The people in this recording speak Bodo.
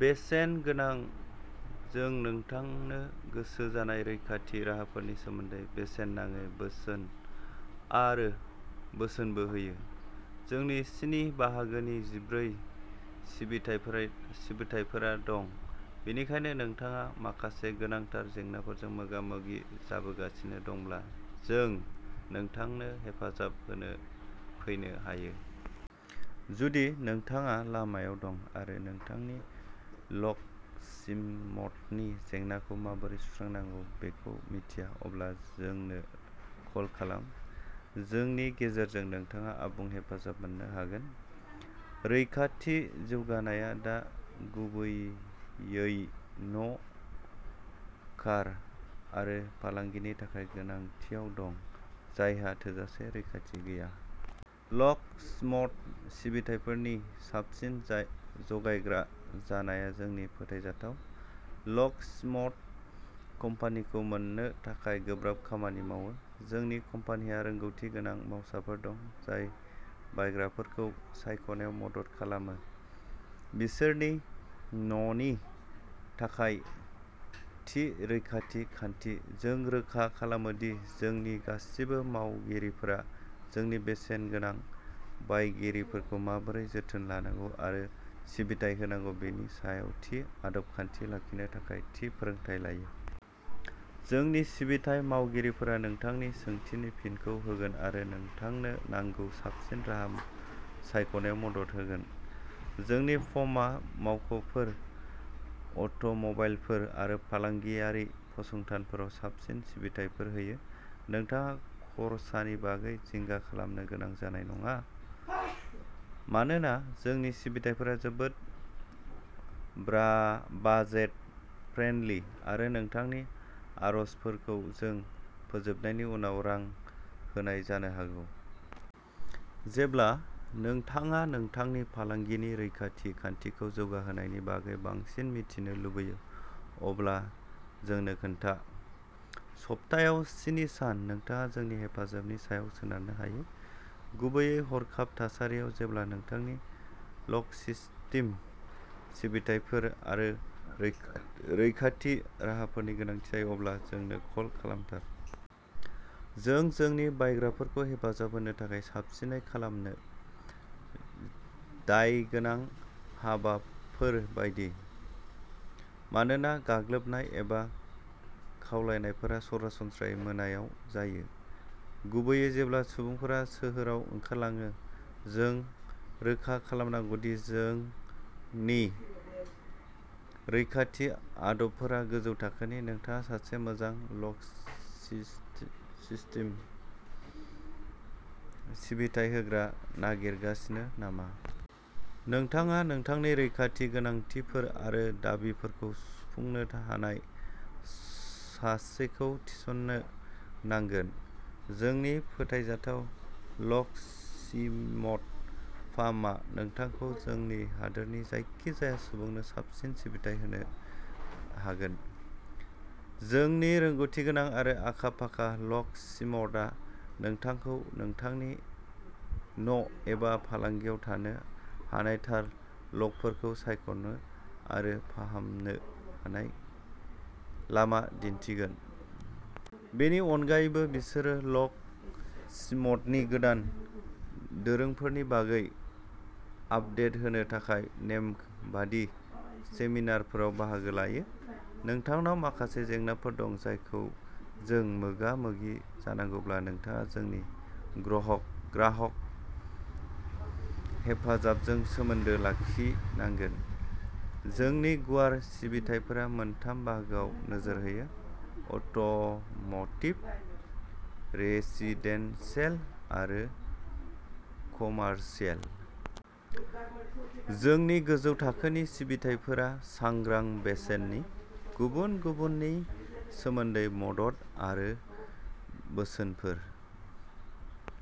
बेसेन गोनां जों नोंथांनो गोसो जानाय रैखाथि राहाफोरनि सोमोन्दै बेसेन नाङै बोसोन आरो बोसोनबो होयो। जोंनि स्नि बाहागोनि जिब्रै सिबिथाइफ्रा सिबिथाइफोरा दं, बेनिखायनो नोंथाङा माखासे गोनांथार जेंनाफोरजों मोगा-मोगि जाबोगासिनो दंब्ला, जों नोंथांनो हेफाजाब होनो फैनो हायो। जुदि नोंथाङा लामायाव दं आरो नोंथांनि लकस्मथनि जेंनाखौ माबोरै सुस्रांनांगौ बेखौ मिथिया, अब्ला जोंनो कल खालाम। जोंनि गेजेरजों, नोंथाङा आबुं हेफाजाब मोन्नो हागोन। रैखाथि जौगानायआ दा गुबैयै न', कार आरो फालांगिनि थाखाय गोनांथियाव दं, जायहा थोजासे रैखाथि गैया। लकस्मथ सिबिथाइफोरनि साबसिन जाय जगायग्रा जानाया जोंनि फोथायजाथाव लकस्मथ कम्पानिखौ मोन्नो थाखाय गोब्राब खामानि मावो। जोंनि कम्पानिहा रोंग'थि गोनां मावसाफोर दं, जाय बायग्राफोरखौ सायख'नायाव मदद खालामो। बिसोरनि न'नि थाखाय थि रैखाथि खान्थि। जों रोखा खालामो दि जोंनि गासिबो मावगिरिफोरा जोंनि बेसेनगोनां बायगिरिफोरखौ माबोरै जोथोन लानांगौ आरो सिबिथाइ होनांगौ बेनि सायाव थि आदब-खान्थि लाखिनो थाखाय थि फोरोंथाय लायो। जोंनि सिबिथाइ मावगिरिफोरा नोंथांनि सोंथिनि फिनखौ होगोन आरो नोंथांनो नांगौ साबसिन राहा सायख'नायाव मदद होगोन। जोंनि फार्मआ मावख'फोर, अट'मबाइलफोर आरो फालांगियारि फसंथानफोराव साबसिन सिबिथाइफोर होयो। नोंथाङा खरसानि बागै जिंगा खालामनो गोनां जानाय नङा मानोना जोंनि सिबिथाइफोरा जोबोद ब्रा बाजेट-फ्रेन्डलि आरो नोंथांनि आर'जफोरखौ जों फोजोबनायनि उनाव रां होनाय जानो हागौ। जेब्लानो नोंथाङा नोंथांनि फालांगिनि रैखाथि खान्थिखौ जौगाहोनायनि बागै बांसिन मिथिनो लुगैयो, अब्ला जोंनो खोन्था। सप्तायाव स्नि सान, नोंथाङा जोंनि हेफाजाबनि सायाव सोनारनो हायो, गुबैयै हरखाब थासारियाव। जेब्ला नोंथांनि लकसिसथिम सिबिथाइफोर आरो रैखा रैखाथि राहाफोरनि गोनांथि जायो, अब्ला जोंनो कल खालामथार। जों जोंनि बायग्राफोरखौ हेफाजाब होनो थाखाय साबसिनै खालामनो। दायगोनां हाबाफोर बायदि। मानोना गाग्लोबनाय एबा खावनायफोरा सरासनस्रायै मोनायाव जायो, गुबैयै जेब्ला सुबुंफोरा सोहोराव ओंखारलाङो। जों रोखा खालामनांगौ दि जोंनि रैखाथि आदबफोरा गोजौ थाखोनि। नोंथाङा सासे मोजां लकसिस सिसथिम सिबिथाइ होग्रा नागिरगासिनो नामा? नोंथाङा नोंथांनि रैखाथि गोनांथिफोर आरो दाबिफोरखौ सुफुंनो हानाय सासेखौ थिसननो नांगोन। जोंनि फोथायजाथाव लकस्मथ फार्मआ नोंथांखौ जोंनि हादोरनि जायखिजाया सुबुंनो साबसिन सिबिथाइ होनो हागोन। जोंनि रोंग'थिगोनां आरो आखा-फाखा लकस्मथआ नोंथांखौ नोंथांनि न'एबा फालांगियाव थानो हानाय थार लकफोरखौ सायख'नो आरो फाहामनो हानाय लामा दिन्थिगोन। बेनि अनगायैबो, बिसोरो लकस्मथनि गोदान दोरोंफोरनि बागै आपडेट होनो थाखाय नेमबादि सेमिनारफोराव बाहागो लायो। नोंथांनाव माखासे जेंनाफोर दं जायखौ जों मोगा-मोगि जानांगौब्ला, नोंथाङा जोंनि ग्रहक ग्राहक हेफाजाबजों सोमोन्दो लाखिनांगोन। जोंनि गुवार सिबिथाइफोरा मोनथाम बाहागोआव नोजोर होयो अट'म'टिभ, रेसिदेन्सियेल आरो कमार्शियेल। जोंनि गोजौ थाखोनि सिबिथाइफोरा सांग्रां बेसेननि। गुबुन गुबुननि सोमोन्दै मदद आरो बोसोनफोर।